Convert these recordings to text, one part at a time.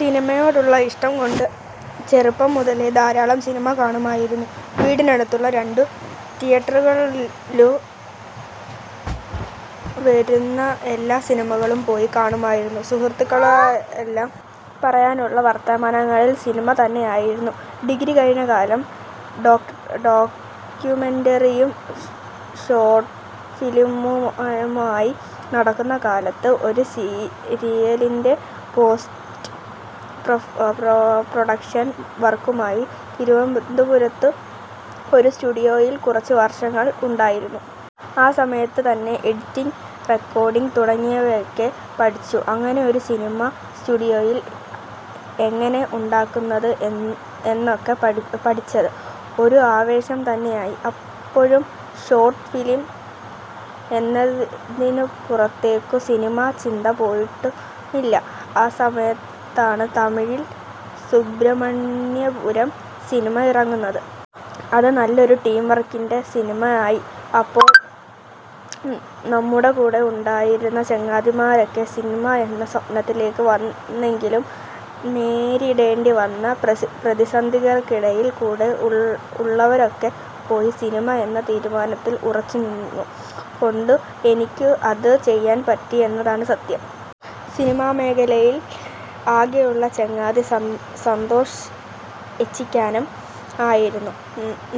സിനിമയോടുള്ള ഇഷ്ടം കൊണ്ട് ചെറുപ്പം മുതലേ ധാരാളം സിനിമ കാണുമായിരുന്നു. വീടിനടുത്തുള്ള രണ്ടു തിയേറ്ററുകളിലും വരുന്ന എല്ലാ സിനിമകളും പോയി കാണുമായിരുന്നു. സുഹൃത്തുക്കളായാലും പറയാനുള്ള വർത്തമാനങ്ങളിൽ സിനിമ തന്നെ ആയിരുന്നു. ഡിഗ്രി കഴിഞ്ഞ കാലം ഡോക്യൂമെൻ്ററിയും ഷോർട് ഫിലിമുമായി നടക്കുന്ന കാലത്ത് ഒരു സീരിയലിൻ്റെ പോസ്റ്റ് പ്രൊഡക്ഷൻ വർക്കുമായി തിരുവനന്തപുരത്തു ഒരു സ്റ്റുഡിയോയിൽ കുറച്ചു വർഷങ്ങൾ ഉണ്ടായിരുന്നു. ആ സമയത്തു തന്നെ എഡിറ്റിംഗ്, റെക്കോർഡിങ് തുടങ്ങിയവയൊക്കെ പഠിച്ചു. അങ്ങനെ ഒരു സിനിമ സ്റ്റുഡിയോയിൽ എങ്ങനെ ഉണ്ടാക്കുന്നത് എന്നൊക്കെ പഠിച്ചത് ഒരു ആവേശം തന്നെ ആയി. അപ്പോഴും ഷോർട് ഫിലിം എന്നതിനപ്പുറത്തേക്കു സിനിമ ചിന്ത പോയിട്ടും ഇല്ല. ആ സമയത്താണ് തമിഴിൽ ' സുബ്രഹ്മണ്യപുരം ' സിനിമ ഇറങ്ങുന്നത്. അത് നല്ലൊരു ടീം വർക്കിൻ്റെ സിനിമ ആയി. അപ്പോ നമ്മുടെ കൂടെ ഉണ്ടായിരുന്ന ചങ്ങാതിമാരൊക്കെ സിനിമ എന്ന സ്വപ്നത്തിലേക്ക് വന്നെങ്കിലും നേരിടേണ്ടി വന്ന പ്രതിസന്ധികൾക്കിടയിൽ കൂടെ ഉള്ളവരൊക്കെ പോയി. സിനിമ എന്ന തീരുമാനത്തിൽ ഉറച്ചു നിന്നതു കൊണ്ട് എനിക്ക് അത് ചെയ്യാൻ പറ്റി എന്നതാണ് സത്യം. സിനിമ മേഖലയിൽ ആകെ ഉള്ള ചങ്ങാതി സന്തോഷ് ഏച്ചിക്കാനം ആയിരുന്നു.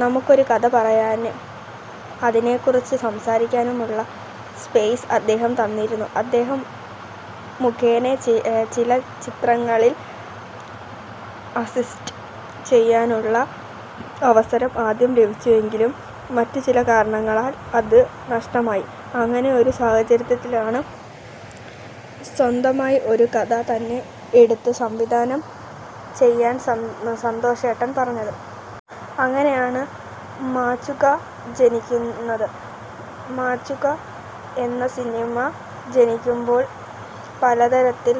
നമുക്കൊരു കഥ പറയാനും അതിനെക്കുറിച്ചു സംസാരിക്കാനുമുള്ള സ്പേസ് അദ്ദേഹം തന്നിരുന്നു. അദ്ദേഹം മുഖേന ചില ചിത്രങ്ങളിൽ അസിസ്റ്റ് ചെയ്യാനുള്ള അവസരം ആദ്യം ലഭിച്ചെങ്കിലും മറ്റു ചില കാരണങ്ങളാൽ അത് നഷ്ടമായി. അങ്ങനെ ഒരു സാഹചര്യത്തിലാണ് സ്വന്തമായി ഒരു കഥ തന്നെ എടുത്തു സംവിധാനം ചെയ്യാൻ സന്തോഷേട്ടൻ പറഞ്ഞത്. അങ്ങനെ ആണ് ' മചുക ' ജനിക്കുന്നത്. ' മചുക ' എന്ന സിനിമ ജനിക്കുമ്പോൾ പലതരത്തിൽ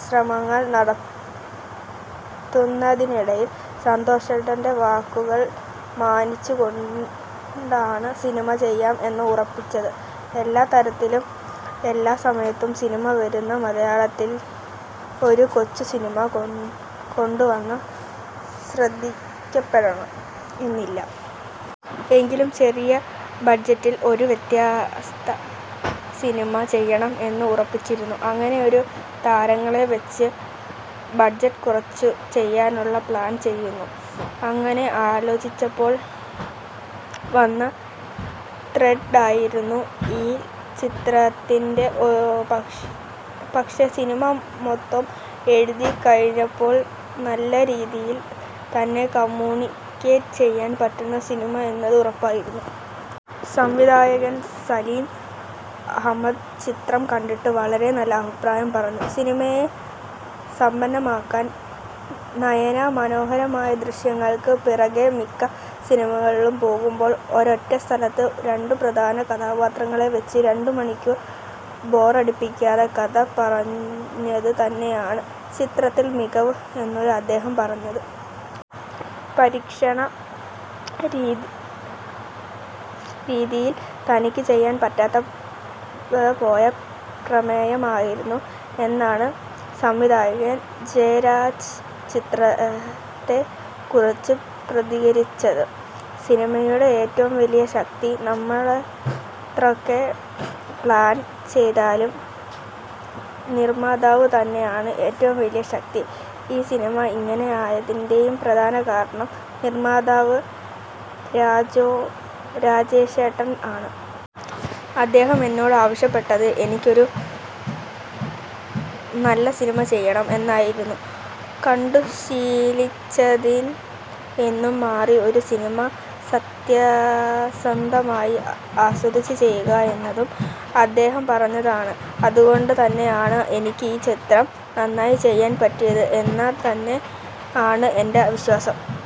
ശ്രമങ്ങൾ നടത്തുന്നതിനിടയിൽ സന്തോഷേട്ടൻ്റെ വാക്കുകൾ മാനിച്ചു കൊണ്ടാണ് സിനിമ ചെയ്യാം എന്ന് ഉറപ്പിച്ചത്. എല്ലാ തരത്തിലും എല്ലാ സമയത്തും സിനിമ വരുന്ന മലയാളത്തിൽ ഒരു കൊച്ചു സിനിമ കൊണ്ട് വന്നാൽ ശ്രദ്ധിക്കപ്പെടണം എന്നില്ല. എങ്കിലും ചെറിയ ബഡ്ജറ്റിൽ ഒരു വ്യത്യസ്ത സിനിമ ചെയ്യണം എന്ന് ഉറപ്പിച്ചിരുന്നു. അങ്ങനെ കുറച്ചു താരങ്ങളെ വച്ച് ബഡ്ജറ്റ് കുറച്ചു ചെയ്യാനുള്ള പ്ലാൻ ചെയ്യുന്നു. അങ്ങനെ ആലോചിച്ചപ്പോൾ വന്ന ത്രെഡ് ആയിരുന്നു ഈ ചിത്രത്തിൻ്റേത്. പക്ഷെ സിനിമ മൊത്തം എഴുതി കഴിഞ്ഞപ്പോൾ നല്ല രീതിയിൽ തന്നെ കമ്യൂണിക്കേറ്റ് ചെയ്യാൻ പറ്റുന്ന സിനിമ എന്നത് ഉറപ്പായിരുന്നു. സംവിധായകൻ സലിം അഹമ്മദ് ചിത്രം കണ്ടിട്ട് വളരെ നല്ല അഭിപ്രായം പറഞ്ഞു. സിനിമയെ സമ്പന്നമാക്കാൻ നയന മനോഹരമായ ദൃശ്യങ്ങൾക്ക് പിറകെ മിക്ക സിനിമകളും പോകുമ്പോൾ ഒരൊറ്റ സ്ഥലത്തു രണ്ടു പ്രധാന കഥാപാത്രങ്ങളെ വച്ച് രണ്ടു മണിക്കൂർ ബോറടിപ്പിക്കാതെ കഥ പറഞ്ഞത് തന്നെ ആണ് ചിത്രത്തിൻ്റെ മികവ് എന്നാണു അദ്ദേഹം പറഞ്ഞത്. പരീക്ഷണ രീതികളിൽ തനിക്കു ചെയ്യാൻ പറ്റാതെ പോയ പ്രമേയം ആയിരുന്നു എന്നാണ് സംവിധായകൻ ജയരാജ് ചിത്രത്തെ കുറിച്ച് പ്രതികരിച്ചത്. സിനിമയുടെ ഏറ്റവും വലിയ ശക്തി. നമ്മളെത്രയൊക്കെ പ്ലാൻ ചെയ്താലും നിർമാതാവ് തന്നെ ആണ് ഏറ്റവും വലിയ ശക്തി. ഈ സിനിമ ഇങ്ങനെ ആയതിൻ്റെയും പ്രധാന കാരണം നിർമാതാവ് രാജേഷേട്ടൻ ആണ്. അദ്ദേഹം എന്നോട് ആവശ്യപ്പെട്ടത് ' എനിക്ക് ഒരു നല്ല സിനിമ ചെയ്യണം ' എന്നായിരുന്നു. കണ്ടു ശീലിച്ചതിൽ നിന്നും മാറി ഒരു സിനിമ. സത്യസന്ധമായി ആസ്വദിച്ചു ചെയ്യുക എന്നതും അദ്ദേഹം പറഞ്ഞതാണ്. അതുകൊണ്ടു തന്നെ ആണ് എനിക്ക് ഈ ചിത്രം നന്നായി ചെയ്യാൻ പറ്റിയത് എന്ന് തന്നെ ആണ് എൻ്റെ വിശ്വാസം.